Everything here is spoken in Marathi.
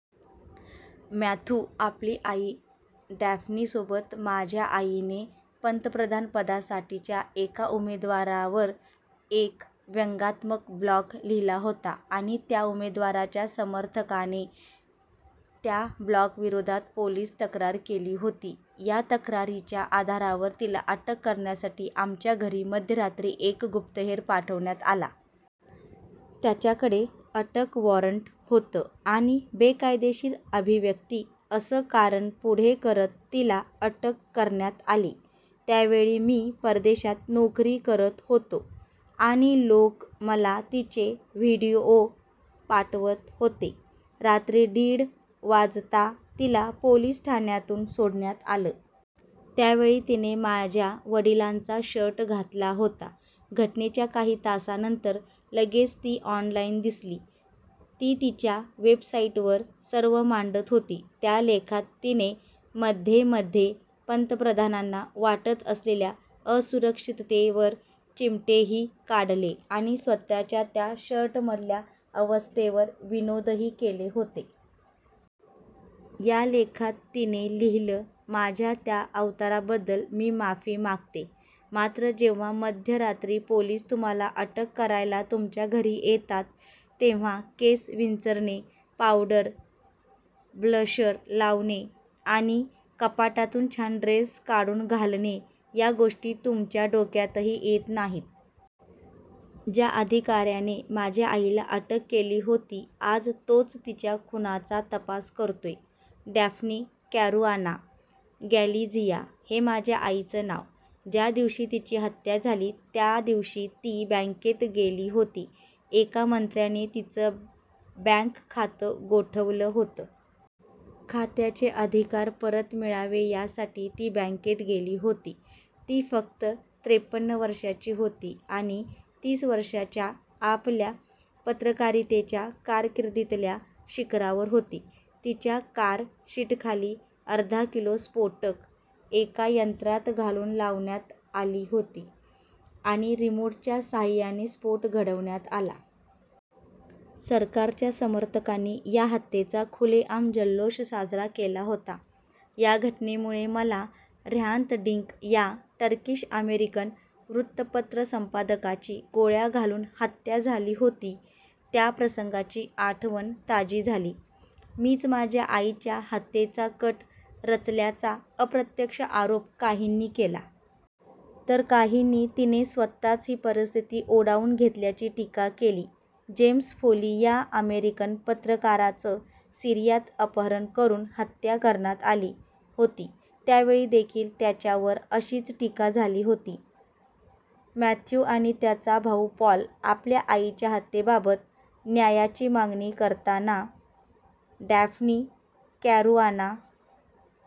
मॅथ्यू आपली आई डॅफ्नीसोबत माझ्या आईने पंतप्रधानपदासाठीच्या एका उमेदवारावर एक व्यंगात्मक ब्लॉग लिहिला होता आणि त्या उमेदवाराच्या समर्थकाने त्या ब्लॉगविरोधात पोलीस तक्रार केली होती. या तक्रारीच्या आधारावर तिला अटक करण्यासाठी आमच्या घरी मध्यरात्री एक गुप्तहेर पाठवण्यात आला. त्याच्याकडे अटक वॉरंट होतं आणि 'बेकायदेशीर अभिव्यक्ती' असं कारण पुढे करत तिला अटक करण्यात आली. त्यावेळी मी परदेशात नोकरी करत होतो आणि लोक मला तिचे व्हीडिओ पाठवत होते. रात्री दीड वाजता तिला पोलीस ठाण्यातून सोडण्यात आलं. त्यावेळी तिने माझ्या वडिलांचा शर्ट घातला होता. घटनेच्या काही तासानंतर लगेच ती ऑनलाईन दिसली. ती तिच्या वेबसाईटवर सर्व मांडत होती. त्या लेखात तिने मध्ये-मध्ये पंतप्रधानांना वाटत असलेल्या असुरक्षिततेवर चिमटेही काढले आणि स्वतःच्या त्या शर्टमधल्या अवस्थेवर विनोदही केले होते. या लेखात तिने लिहिलं माझ्या त्या अवताराबद्दल मी माफी मागते. मात्र जेव्हा मध्यरात्री पोलीस तुम्हाला अटक करायला तुमच्या घरी येतात, तेव्हा केस विंचरणे, पावडर, ब्लशर लावणे आणि कपाटातून छान ड्रेस काढून घालणे, या गोष्टी तुमच्या डोक्यातही येत नाहीत. ज्या अधिकाऱ्याने माझ्या आईला अटक केली होती आज तोच तिच्या खुनाचा तपास करतोय. डॅफ्नी कॅरुआना गॅलिझिया, हे माझ्या आईचं नाव. ज्या दिवशी तिची हत्या झाली, त्यादिवशी ती बँकेत गेली होती. एका मंत्र्याने तिचं बँक खातं गोठवलं होतं. खात्याचे अधिकार परत मिळावे यासाठी ती बँकेत गेली होती. ती फक्त त्रेपन्न वर्षांची होती आणि तीस वर्षांच्या आपल्या पत्रकारितेच्या कारकिर्दीतल्या शिखरावर होती. तिच्या कार सीटखाली अर्धा किलो स्फोटकं एका यंत्रात घालून लावण्यात आली होती आणि रिमोटच्या साहाय्याने स्फोट घडवण्यात आला. सरकारच्या समर्थकांनी या हत्येचा खुलेआम जल्लोष साजरा केला होता. या घटनेमुळे मला, 'ह्रांत डिंक' या टर्किश-अमेरिकन वृत्तपत्र संपादकाची गोळ्या घालून हत्या झाली होती, त्या प्रसंगाची आठवण ताजी झाली. मीच माझ्या आईच्या हत्येचा कट रचल्याचा अप्रत्यक्ष आरोप काहींनी केला. तर काहींनी तिने स्वतःच ही परिस्थिती ओढावून घेतल्याची टीका केली. जेम्स फोली या अमेरिकन पत्रकाराचं सीरियात अपहरण करून हत्या करण्यात आली होती. त्यावेळीदेखील त्यांच्यावर अशीच टीका झाली होती. मॅथ्यू आणि त्याचा भाऊ पॉल आपल्या आईच्या हत्येबाबत न्यायाची मागणी करताना. Daphne Caruana